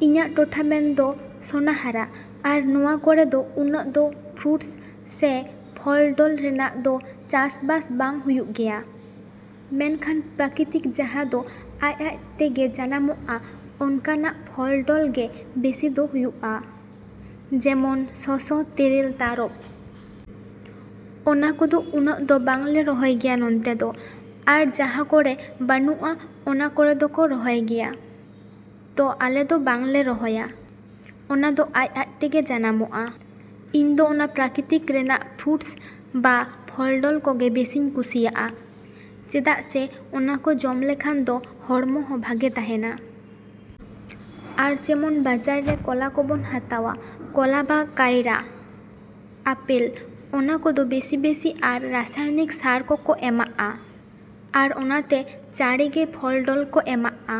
ᱤᱧᱟᱹᱜ ᱴᱚᱴᱷᱟ ᱢᱮᱱᱫᱚ ᱥᱳᱱᱟᱦᱟᱨᱟ ᱟᱨ ᱱᱚᱣᱟ ᱠᱚᱨᱮ ᱫᱚ ᱩᱱᱟᱹᱜ ᱫᱚ ᱯᱷᱨᱩᱴᱥ ᱥᱮ ᱯᱷᱚᱞᱼᱰᱚᱞ ᱨᱮᱱᱟᱜ ᱫᱚ ᱪᱟᱥᱵᱟᱥ ᱵᱟᱝ ᱦᱩᱭᱩᱜ ᱜᱮᱭᱟ, ᱢᱮᱱᱠᱷᱟᱱ ᱯᱨᱟᱠᱨᱤᱛᱤᱠ ᱡᱟᱦᱟᱸ ᱫᱚ ᱟᱡᱼᱟᱡ ᱛᱮᱜᱮ ᱡᱟᱱᱟᱢᱚᱜᱼᱟ ᱚᱝᱠᱟᱱᱟᱜ ᱯᱷᱚᱞᱼᱰᱚᱞ ᱜᱮ ᱵᱮᱥᱤ ᱫᱚ ᱦᱩᱭᱩᱜᱼᱟ, ᱡᱮᱢᱚᱱ ᱥᱚᱥᱚ, ᱛᱮᱨᱮᱞ, ᱛᱟᱨᱚᱵᱽ᱾ ᱚᱱᱟ ᱠᱚᱫᱚ ᱩᱱᱟᱹᱜ ᱫᱚ ᱵᱟᱝ ᱞᱮ ᱨᱚᱦᱚᱭ ᱜᱮᱭᱟ ᱱᱚᱛᱮ ᱫᱚ ᱟᱨ ᱡᱟᱦᱟᱸ ᱠᱚᱨᱮ ᱵᱟᱹᱱᱩᱜᱼᱟ ᱚᱱᱟ ᱠᱚᱨᱮ ᱫᱚᱠᱚ ᱨᱚᱦᱚᱭ ᱜᱮᱭᱟ᱾ ᱛᱚ ᱟᱞᱮ ᱫᱚ ᱵᱟᱝ ᱞᱮ ᱨᱚᱦᱚᱭᱟ, ᱚᱱᱟ ᱫᱚ ᱟᱡᱼᱟᱡ ᱛᱮᱜᱮ ᱡᱟᱱᱟᱢᱚᱜᱼᱟ᱾ ᱤᱧ ᱫᱚ ᱚᱱᱟ ᱯᱨᱟᱠᱨᱤᱛᱤᱠ ᱨᱮᱱᱟᱜ ᱯᱷᱨᱩᱴᱥ ᱵᱟ ᱯᱷᱚᱞᱼᱰᱚᱞ ᱠᱚᱜᱮ ᱵᱮᱥᱤᱧ ᱠᱩᱥᱤᱭᱟᱜᱼᱟ ᱪᱮᱫᱟᱜ ᱥᱮ ᱚᱱᱟ ᱠᱚ ᱡᱚᱢ ᱞᱮᱠᱷᱟᱱ ᱫᱚ ᱦᱚᱲᱢᱚ ᱦᱚᱸ ᱵᱷᱟᱜᱮ ᱛᱟᱦᱮᱱᱟ᱾ ᱟᱨ ᱡᱮᱢᱚᱱ ᱵᱟᱡᱟᱨ ᱨᱮ ᱠᱚᱞᱟ ᱠᱚ ᱵᱚᱱ ᱦᱟᱛᱟᱣᱟ, ᱠᱚᱞᱟ ᱵᱟ ᱠᱟᱭᱨᱟ, ᱟᱯᱮᱞ ᱚᱱᱟ ᱠᱚᱫᱚ ᱵᱮᱥᱤᱼᱵᱮᱥᱤ ᱟᱨ ᱨᱟᱥᱟᱭᱱᱤᱠ ᱥᱟᱨ ᱠᱚᱠᱚ ᱮᱢᱟᱜᱼᱟ ᱟᱨ ᱚᱱᱟᱛᱮ ᱪᱟᱬᱮ ᱜᱮ ᱯᱷᱚᱞᱼᱰᱚᱞ ᱠᱚ ᱮᱢᱟᱜᱼᱟ᱾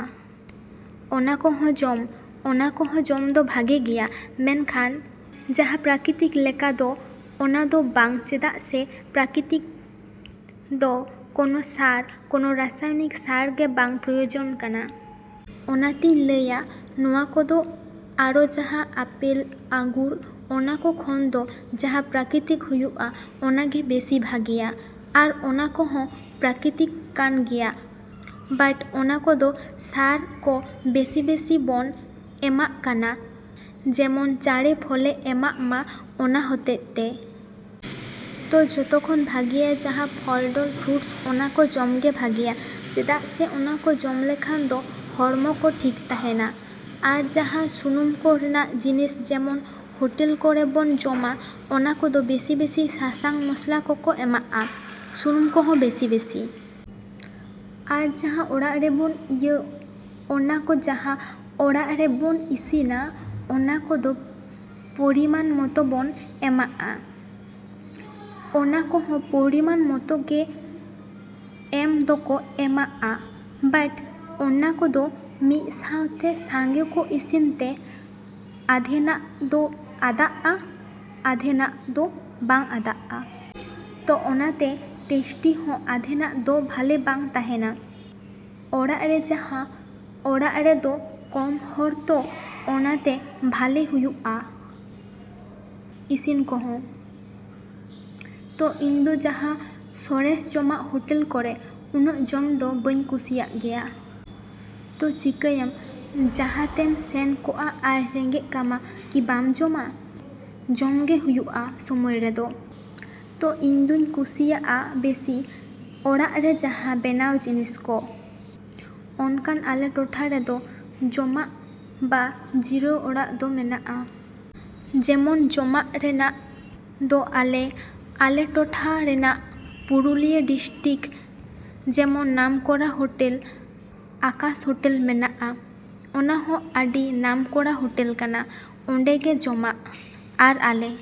ᱚᱱᱟ ᱠᱚᱦᱚᱸ ᱡᱚᱢ ᱚᱱᱟ ᱠᱚᱦᱚᱸ ᱡᱚᱢ ᱫᱚ ᱵᱷᱟᱜᱮ ᱜᱮᱭᱟ ᱢᱮᱱᱠᱷᱟᱱ ᱡᱟᱦᱟᱸ ᱯᱨᱟᱠᱨᱤᱛᱤᱠ ᱞᱮᱠᱟ ᱫᱚ ᱚᱱᱟ ᱫᱚ ᱵᱟᱝ ᱪᱮᱫᱟᱜ ᱥᱮ ᱯᱨᱟᱠᱨᱤᱛᱤᱠ ᱫᱚ ᱠᱚᱱᱚ ᱥᱟᱨ, ᱠᱚᱱᱚ ᱨᱟᱥᱟᱭᱱᱤᱠ ᱥᱟᱨ ᱜᱮ ᱵᱟᱝ ᱯᱨᱚᱭᱚᱜᱚᱜ ᱠᱟᱱᱟ᱾ ᱚᱱᱟᱛᱮᱧ ᱞᱟᱹᱭᱟ ᱱᱚᱣᱟ ᱠᱚᱫᱚ ᱟᱨᱚ ᱡᱟᱦᱟᱸ ᱟᱯᱮᱞ, ᱟᱝᱜᱩᱨ ᱚᱱᱟ ᱠᱚ ᱠᱷᱚᱱ ᱫᱚ ᱡᱟᱦᱟᱸ ᱯᱨᱟᱠᱨᱤᱛᱤᱠ ᱦᱩᱭᱩᱜᱼᱟ ᱚᱱᱟ ᱜᱮ ᱵᱮᱥᱤ ᱵᱷᱟᱜᱮᱭᱟ᱾ ᱟᱨ ᱚᱱᱟ ᱠᱚᱦᱚᱸ ᱯᱨᱟᱠᱨᱤᱛᱤᱠ ᱠᱟᱱ ᱜᱮᱭᱟ ᱵᱟᱴ ᱚᱱᱟ ᱠᱚᱫᱚ ᱥᱟᱨ ᱠᱚ ᱵᱮᱥᱤᱼᱵᱮᱥᱤ ᱵᱚᱱ ᱮᱢᱟᱜ ᱠᱟᱱᱟ ᱡᱮᱢᱚᱱ ᱪᱟᱬᱮ ᱯᱷᱚᱞᱮ ᱮᱢᱚᱜ ᱢᱟ ᱚᱱᱟ ᱦᱚᱛᱮᱡ ᱛᱮ᱾ ᱛᱚ ᱡᱚᱛᱚ ᱠᱷᱚᱱ ᱵᱷᱟᱜᱮᱭᱟ ᱡᱟᱦᱟᱸ ᱯᱷᱚᱞᱼᱰᱚᱞ, ᱯᱷᱨᱩᱴᱥ ᱚᱱᱟ ᱠᱚ ᱡᱚᱢ ᱜᱮ ᱵᱷᱟᱜᱮᱭᱟ ᱪᱮᱫᱟᱜ ᱥᱮ ᱚᱱᱟ ᱠᱚ ᱡᱚᱢ ᱞᱮᱠᱷᱟᱱ ᱫᱚ ᱦᱚᱲᱢᱚ ᱠᱚ ᱴᱷᱤᱠ ᱛᱟᱦᱮᱱᱟ᱾ ᱟᱨ ᱡᱟᱦᱟᱸ ᱥᱩᱱᱩᱢ ᱠᱚ ᱨᱮᱱᱟᱜ ᱡᱤᱱᱤᱥ ᱡᱮᱢᱚᱱ ᱦᱚᱴᱮᱞ ᱠᱚᱨᱮ ᱵᱚᱱ ᱡᱚᱢᱟ ᱚᱱᱟ ᱠᱚᱫᱚ ᱵᱮᱥᱤᱼᱵᱮᱥᱤ ᱥᱟᱥᱟᱝ ᱢᱚᱥᱞᱟ ᱠᱚᱠᱚ ᱮᱢᱟᱜᱼᱟ, ᱥᱩᱱᱩᱢ ᱠᱚᱦᱚᱸ ᱵᱮᱥᱤᱼᱵᱮᱥᱤ᱾ ᱟᱨ ᱡᱟᱦᱟᱸ ᱚᱲᱟᱜ ᱨᱮ ᱵᱚᱱ ᱤᱭᱟᱹ ᱚᱱᱟ ᱠᱚ ᱡᱟᱦᱟᱸ ᱚᱲᱟᱜ ᱨᱮ ᱵᱚᱱ ᱤᱥᱤᱱᱟ ᱚᱱᱟ ᱠᱚᱫᱚ ᱯᱚᱨᱤᱢᱟᱱ ᱢᱚᱛᱚ ᱵᱚᱱ ᱮᱢᱟᱜᱼᱟ᱾ ᱚᱱᱟ ᱠᱚᱦᱚᱸ ᱯᱚᱨᱤᱢᱟᱱ ᱢᱚᱛᱚ ᱜᱮ ᱮᱢ ᱫᱚᱠᱚ ᱮᱢᱟᱜᱼᱟ ᱵᱟᱴ ᱚᱱᱟ ᱠᱚᱫᱚ ᱢᱤᱫ ᱥᱟᱶᱛᱮ ᱥᱟᱸᱜᱮ ᱠᱚ ᱤᱥᱤᱱ ᱛᱮ ᱟᱫᱷᱮᱱᱟᱜ ᱫᱚ ᱟᱫᱟᱜᱼᱟ, ᱟᱫᱷᱮᱱᱟᱜ ᱫᱚ ᱵᱟᱝ ᱟᱫᱟᱜᱼᱟ᱾ ᱛᱚ ᱚᱱᱟᱛᱮ ᱴᱮᱥᱴᱤ ᱦᱚᱸ ᱟᱫᱷᱮᱱᱟᱜ ᱫᱚ ᱵᱷᱟᱞᱮ ᱵᱟᱝ ᱛᱟᱦᱮᱱᱟ᱾ ᱚᱲᱟᱜ ᱨᱮ ᱡᱟᱦᱟᱸ ᱚᱲᱟᱜ ᱨᱮᱫᱚ ᱠᱚᱢ ᱦᱚᱲ ᱛᱚ ᱚᱱᱟᱛᱮ ᱵᱷᱟᱞᱮ ᱦᱩᱭᱩᱜᱼᱟ ᱤᱥᱤᱱ ᱠᱚᱦᱚᱸ᱾ ᱛᱚ ᱤᱧ ᱫᱚ ᱡᱟᱱᱟᱸ ᱥᱚᱨᱮᱥ ᱡᱚᱢᱟᱜ ᱦᱚᱴᱮᱞ ᱠᱚᱨᱮ ᱩᱱᱟᱹᱜ ᱡᱚᱢ ᱫᱚ ᱵᱟᱹᱧ ᱠᱩᱥᱤᱭᱟᱜ ᱜᱮᱭᱟ᱾ ᱛᱚ ᱪᱤᱠᱟᱭᱟᱢ ᱡᱟᱦᱟᱸ ᱛᱮᱢ ᱥᱮᱱ ᱠᱚᱜᱼᱟ ᱟᱨ ᱨᱮᱸᱜᱮᱡ ᱠᱟᱢᱟ ᱠᱤ ᱵᱟᱢ ᱡᱚᱢᱟ? ᱡᱚᱢ ᱜᱮ ᱦᱩᱭᱩᱜᱼᱟ ᱥᱚᱢᱚᱭ ᱨᱮᱫᱚ᱾ ᱛᱚ ᱤᱧ ᱫᱚᱧ ᱠᱩᱥᱤᱭᱟᱜᱼᱟ ᱵᱮᱥᱤ ᱚᱲᱟᱜ ᱨᱮ ᱡᱟᱦᱟᱸ ᱵᱮᱱᱟᱣ ᱡᱤᱱᱤᱥ ᱠᱚ᱾ ᱚᱱᱠᱟᱱ ᱟᱞᱮ ᱴᱚᱴᱷᱟ ᱨᱮᱫᱚ ᱡᱚᱢᱟᱜ ᱵᱟ ᱡᱤᱨᱟᱹᱣ ᱚᱲᱟᱜ ᱫᱚ ᱢᱮᱱᱟᱜᱼᱟ᱾ ᱡᱮᱢᱚᱱ ᱡᱚᱢᱟᱜ ᱨᱮᱱᱟᱜ ᱫᱚ ᱟᱞᱮ ᱟᱞᱮ ᱴᱚᱴᱷᱟ ᱨᱮᱱᱟᱜ ᱯᱩᱨᱩᱞᱤᱭᱟᱹ ᱰᱤᱥᱴᱨᱤᱠ ᱡᱮᱢᱚᱱ ᱱᱟᱢᱠᱚᱨᱟ ᱦᱚᱴᱮᱞ ᱟᱠᱟᱥ ᱦᱚᱴᱮᱞ ᱢᱮᱱᱟᱜᱼᱟ, ᱚᱱᱟ ᱦᱚᱸ ᱟᱹᱰᱤ ᱱᱟᱢᱠᱚᱨᱟ ᱦᱚᱴᱮᱞ ᱠᱟᱱᱟ, ᱚᱸᱰᱮ ᱜᱮ ᱡᱚᱢᱟᱜ᱾ ᱟᱨ ᱟᱞᱮ᱾